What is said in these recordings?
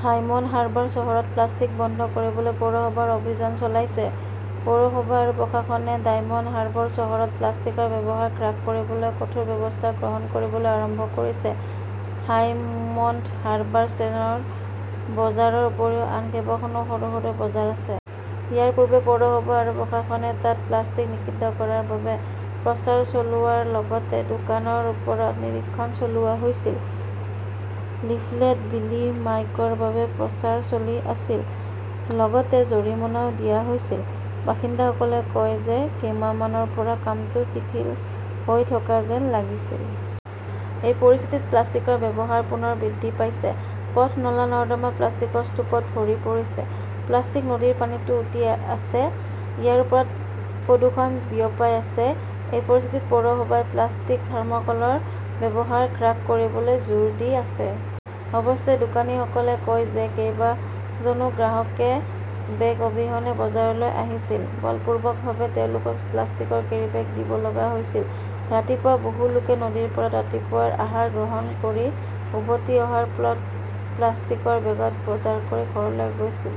Diamond Harbour চহৰত plastic বন্ধ কৰিবলৈ পৌৰসভাৰ অভিযান চলাইছে। পৌৰসভা আৰু প্ৰশাসনে ডায়মণ্ড হাৰ্বাৰ চহৰত প্লাষ্টিকৰ ব্যৱহাৰ হ্ৰাস কৰিবলৈ কঠোৰ ব্যৱস্থা গ্ৰহণ কৰিবলৈ আৰম্ভ কৰিছে। ডাইমণ্ড হাৰ্বাৰ ষ্টেচন বজাৰৰ উপৰিও আন কেইবাখনো সৰু সৰু বজাৰ আছে। ইয়াৰ পূৰ্বে পৌৰসভা আৰু প্ৰশাসনে তাত প্লাষ্টিক নিষিদ্ধ কৰাৰ বাবে প্ৰচাৰ চলোৱাৰ লগতে দোকানৰ ওপৰত নিৰীক্ষণ চলোৱা হৈছিল। লিফলেট বিলি, মাইকৰ বাবে প্ৰচাৰ চলি আছিল। লগতে জৰিমনাও দিয়া হৈছিল। বাসিন্দাসকলে কয় যে কেইমাহমানৰ পৰা কামটো শিথিল হৈ থকা যেন লাগিছিল। এই পৰিস্থিতি প্লাষ্টিকৰ ব্যৱহাৰ পুনৰ বৃদ্ধি পাইছে। পথ, নলা-নৰ্দমা প্লাষ্টিকৰ স্তূপত ভৰি পৰিছে। প্লাষ্টিক নদীৰ পানীতো উটি আছে। ইয়াৰ ওপৰত প্ৰদূষণ বিয়পাই আছে। এই পৰিস্থিতি পৌৰসভাই প্লাষ্টিক, থাৰ্ম'কলৰ ব্যৱহাৰ হ্ৰাস কৰিবলৈ জোৰ দি আছে। অৱশ্যে, দোকানীসকলে কয় যে কেইবাজনো গ্ৰাহকে বেগ অবিহনে বজাৰলৈ আহিছিল। বলপূৰ্বকভাৱে তেওঁলোকক প্লাষ্টিকৰ কেৰীবেগ দিব লগা হৈছিল। ৰাতিপুৱা বহু লোকে নদীৰ পাৰত ৰাতিপুৱাৰ আহাৰ গ্ৰহণ কৰি উভতি অহাৰ পথত প্লাষ্টিকৰ বেগত বজাৰ কৰি ঘৰলৈ গৈছিল।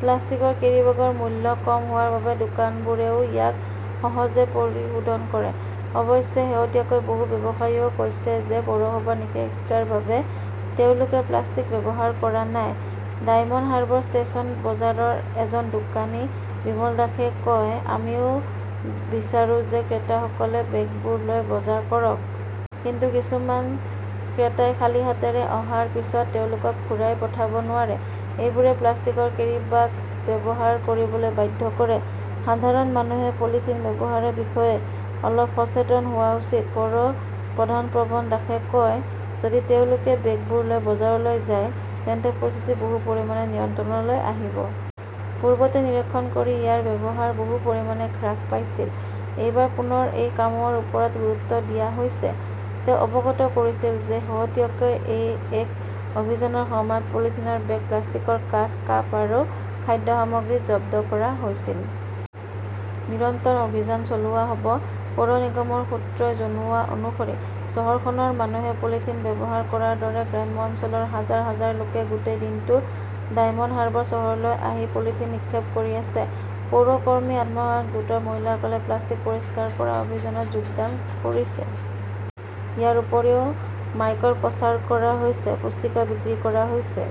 প্লাষ্টিকৰ কেৰিবেগৰ মূল্য কম হোৱাৰ বাবে দোকানবোৰেও ইয়াক সহজে পৰিশোধন কৰে। অৱশ্যে, শেহতীয়াকৈ বহু ব্যৱসায়ীয়ে কৈছিল যে পৌৰসভাৰ নিষেধাজ্ঞাৰ বাবে তেওঁলোকে প্লাষ্টিক ব্যৱহাৰ কৰা নাই। ডাইমণ্ড হাৰ্বাৰ ষ্টেচন বজাৰৰ এজন দোকানী বিমল দাসে কয়, "আমিও বিচাৰো যে ক্ৰেতাসকলে বেগবোৰ লৈ বজাৰ কৰক। কিন্তু কিছুমান ক্ৰেতাই খালী হাতেৰে অহাৰ পিছত তেওঁলোকক ঘূৰাই পঠাব নোৱাৰে। এইবোৰেই প্লাষ্টিকৰ কেৰিবাগ ব্যৱহাৰ কৰিবলৈ বাধ্য কৰে। "সাধাৰণ মানুহে পলিথিন ব্যৱহাৰৰ বিষয়ে অলপ সচেতন হোৱা উচিত", পৌৰ প্ৰধান প্ৰণৱ দাসে কয়। যদি তেওঁলোকে বেগবোৰ লৈ বজাৰলৈ যায় তেন্তে পৰিস্থিতি বহু পৰিমাণে নিয়ন্ত্ৰণলৈ আহিব। পূৰ্বতে নিৰীক্ষণ কৰি ইয়াৰ ব্যৱহাৰ বহু পৰিমাণে হ্ৰাস পাইছিল। এইবাৰ পুনৰ এই কামৰ ওপৰত গুৰুত্ব দিয়া হৈছে। তেওঁ অৱগত কৰিছিল যে শেহতীয়াকৈ এই এক অভিযানৰ সময়ত পলিথিনৰ বেগ, প্লাষ্টিকৰ কাঁচ, কাপ আৰু খাদ্য সামগ্ৰী জব্দ কৰা হৈছিল। নিৰন্তৰ অভিযান চলোৱা হ'ব। পৌৰ নিগমৰ সূত্ৰই জনোৱা অনুসৰি চহৰখনৰ মানুহে পলিথিন ব্যৱহাৰ কৰাৰ দৰে গ্ৰাম্য অঞ্চলৰ হাজাৰ হাজাৰ লোকে গোটেই দিনটো ডায়মণ্ড হাৰ্বাৰ চহৰলৈ আহি পলিথিন নিক্ষেপ কৰি আছে। পৌৰ কৰ্মী, আত্মসহায়ক গোটৰ মহিলাসকলে প্লাষ্টিক পৰিষ্কাৰ কৰা অভিযানত যোগদান কৰিছে। ইয়াৰ উপৰিও, মাইকৰ প্ৰচাৰ কৰা হৈছে, পুস্তিকা বিক্ৰী কৰা হৈছে।